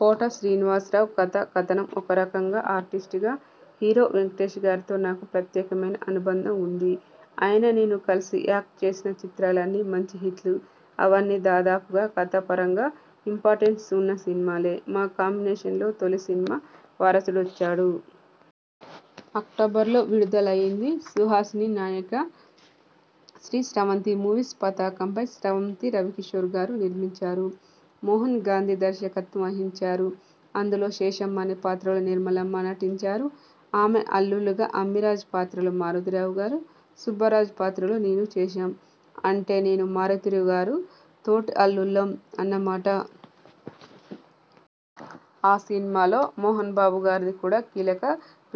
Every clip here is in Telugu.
కోట శ్రీనివాసరావు కథాకథనం ఒక రకంగా ఆర్టిస్ట్ గా హీరో వెంకటేష్ గారితో నాకు ప్రత్యేకమైన అనుబంధం ఉంది. ఆయన, నేను కలిసి యాక్ట్ చేసిన చిత్రాలన్నీ మంచి హిట్లు. అవన్నీ దాదాపుగా కథా పరంగా ఇంపార్టెన్స్ ఉన్న సినిమాలే. మా కాంబినేషన్లో తొలి సినిమా 'వారసుడొచ్చాడు'. అక్టోబర్లో విడుదలైంది. సుహాసిని నాయిక. శ్రీ స్రవంతి మూవీస్ పతాకంపై స్రవంతి రవికిశోర్గారు నిర్మించారు. మోహన్ గాంధీ దర్శకత్వం వహించారు. అందులో శేషమ్మ అనే పాత్రలో నిర్మలమ్మ నటించారు. ఆమె అల్లుళ్లుగా అమ్మిరాజు పాత్రలో మారుతిరావుగారు, సుబ్బరాజు పాత్రలో నేనూ చేశాం. అంటే నేనూ మారుతిరావుగారు తోడల్లుళ్లం అన్నమాట. ఆ సినిమాలో మోహన్బాబు గారిది కూడా కీలక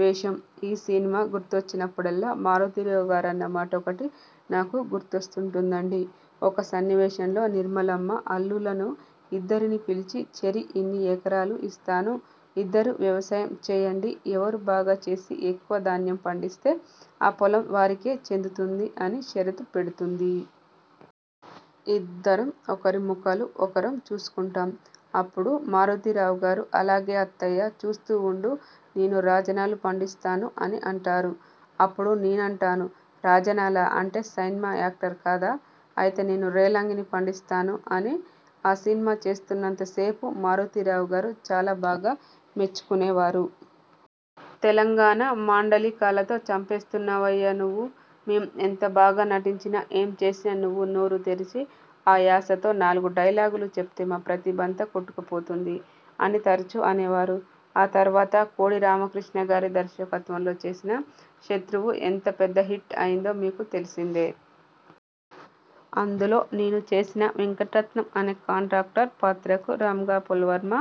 వేషం. ఈ సినిమా గుర్తొచ్చినప్పుడల్లా మారుతిరావుగారు అన్న మాటొకటి నాకు గుర్తొస్తుంటుందండీ ఒక సన్నివేశంలో నిర్మలమ్మ అల్లుళ్లను ఇద్దరినీ పిలిచి'చెరి ఇన్ని ఎకరాలు ఇస్తాను. ఇద్దరూ వ్యవసాయం చేయండి ఎవరు బాగా చేసి ఎక్కువ ధాన్యం పండిస్తే ఆ పొలం వారికే చెందుతుంది' అని షరతు పెడుతుంది. ఇద్దరం ఒకరి ముఖాలు ఒకరం చూసుకుంటాం. అప్పుడు మారుతిరావుగారు 'అలాగే అత్తయ్యా. చూస్తూ ఉండు.. నేను 'రాజనాలు' పండిస్తాను' అని అంటారు. అప్పుడు నేనంటానూ.. 'రాజనాలా అంటే సైన్మా యాక్టర్ కదా అయితే నేను రేలంగిని పండిస్తాను' అని. ఆ సినిమా చేస్తున్నంత సేపు మారుతిరావుగారు చాలా బాగా మెచ్చుకునేవారు. 'తెలంగాణ మాండలికాలతో చంపేస్తున్నావయ్యా నువ్వు. మేం ఎంత బాగా నటించినా, ఏం చేసినా, నువ్వు నోరు తెరిచి ఆ యాసతో నాలుగు డైలాగులు చెబితే మా ప్రతిభంతా కొట్టుకుపోతుంది' అని తరచూ అనేవారు. ఆ తర్వాత కోడి రామకృష్ణగారి దర్శకత్వంలో చేసిన 'శత్రువు' ఎంత పెద్ద హిట్ అయిందో మీకు తెలిసిందే. అందులో నేను చేసిన వెంకటరత్నం అనే కాంట్రాక్టర్ పాత్రకు రామ్గోపాల్ వర్మ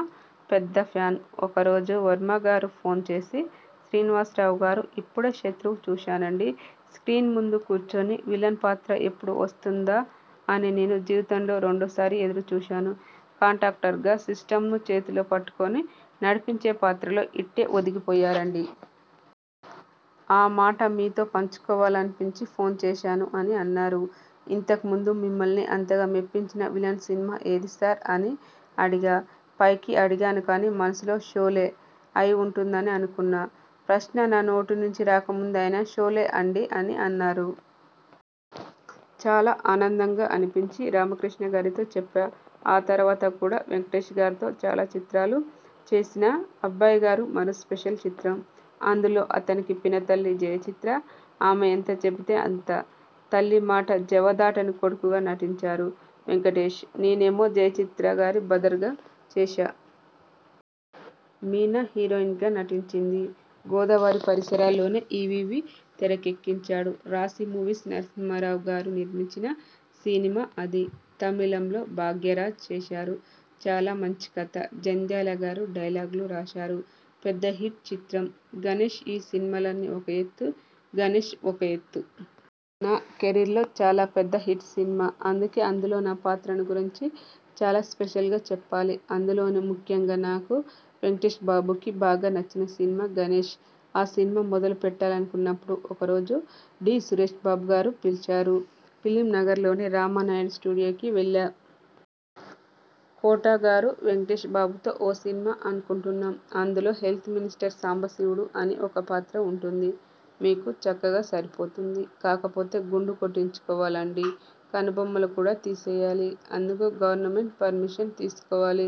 పెద్ద ఫ్యాన్. ఒకరోజు వర్మగారు ఫోన్ చేసి 'శ్రీనివాసరావుగారూ ఇప్పుడే 'శత్రువు' చూశానండీ. స్ర్కీన్ ముందు కూర్చుని విలన్ పాత్ర ఎప్పుడు వస్తుందా? అని నేను జీవితంలో రెండో సారి ఎదురుచూశాను. కాంట్రాక్టర్గా సిస్టమ్ను చేతిలో పెట్టుకుని నడిపించే పాత్రలో ఇట్టే ఒదిగిపోయారండీ. ఆ మాట మీతో పంచుకోవాలనిపించి ఫోన్ చేశాను' అని అన్నారు. 'ఇంతకు ముందు మిమ్మల్ని అంతగా మెప్పించిన విలన్ సినిమా ఏది సార్? ' అని అడిగా. పైకి అడిగాను కానీ మనసులో 'షోలే' అయి ఉంటుందని అనుకున్నా. ప్రశ్న నా నోటి నుంచి రాకముందే ఆయన 'షోలే అండీ' అని అన్నారు. చాలా ఆనందంగా అనిపించి రామకృష్ణగారికి చెప్పా. ఆ తర్వాత కూడా వెంకటేశ్గారితో చాలా చిత్రాలు చేసినా 'అబ్బాయిగారు' మరో స్పెషల్ చిత్రం. అందులో అతనికి పినతల్లి జయచిత్ర. ఆమె ఎంత చెబితే అంత. తల్లిమాట జవదాటని కొడుకుగా నటించారు వెంకటేశ్. నేనేమో జయచిత్రగారి బ్రదర్గా చేశా. మీనా హీరోయిన్గా నటించింది. గోదావరి పరిసరాల్లోనే ఈవీవీ తెరకెక్కించాడు. రాశీ మూవీస్ నరసింహారావు గారు నిర్మించిన సినిమా అది. తమిళంలో భాగ్యరాజ్ చేశారు. చాలా మంచి కథ. జంధ్యాల గారు డైలాగులు రాశారు. పెద్ద హిట్ చిత్రం గణేష్ఈ సినిమాలన్నీ ఒక ఎత్తు 'గణేశ్' ఒక ఎత్తు. నా కెరీర్లో చాలా పెద్ద హిట్ సినిమా. అందుకే అందులో నా పాత్రను గురించి చాలా స్పెషల్గా చెప్పాలి. అందులోనూ ముఖ్యంగా నాకు, వెంకటేశ్బాబుకి బాగా నచ్చిన సినిమా 'గణేశ్'. ఆ సినిమా మొదలు పెట్టాలనుకున్నప్పుడు ఒకరోజు డి. సురేశ్బాబుగారు పిలిచారు. ఫిల్మ్ నగర్ లోని రామానాయుడు స్టూడియోకి వెళ్లా. 'కోటగారూ వెంకటేశ్బాబుతో ఓ సినిమా అనుకుంటున్నాం. అందులో హెల్త్ మినిస్టర్ సాంబశివుడు అని ఒక పాత్ర ఉంటుంది. మీకు చక్కగా సరిపోతుంది. కాకపోతే గుండు కొట్టించుకోవాలండీ.. కనుబొమ్మలు కూడా తీసేయాలి. అందుకు గవర్నమెంట్ పర్మిషన్ తీసుకోవాలి.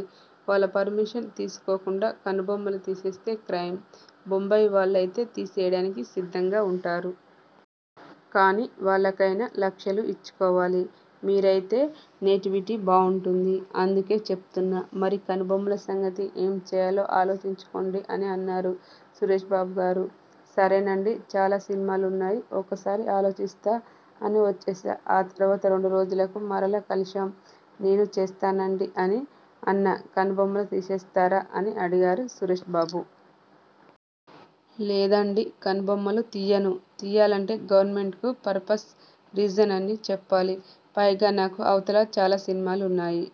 వాళ్ల పర్మిషన్ తీసుకోకుండా కనుబొమ్మలు తీసేస్తే క్రైమ్. బొంబాయి వాళ్లయితే తీసేయడానికి సిద్ధంగా ఉంటారు. కానీ వాళ్లకైనా లక్షలు ఇచ్చుకోవాలి. మీరైతే నేటివిటీ బావుంటుంది. అందుకే చెప్తున్నా. మరి కనుబొమ్మల సంగతి ఏం చేయాలో ఆలోచించుకోండి' అని అన్నారు సురేశ్బాబుగారు. 'సరేనండీ. చాలా సినిమాలున్నాయి. ఒక్కసారి ఆలోచిస్తా' అని వచ్చేశా. ఆ తర్వాత రెండు రోజులకు మరలా కలిశాం. 'నేను చేస్తానండీ' అని అన్నా 'కనుబొమ్మలు తీసేస్తారా' అని అడిగారు సురేశ్బాబు. 'లేదండీ. కనుబొమ్మలు తీయను. తీయాలంటే గవర్నమెంట్కు పర్పస్, రీజనూ అన్నీ చెప్పాలి. పైగా నాకు అవతల చాలా సినిమాలున్నాయి.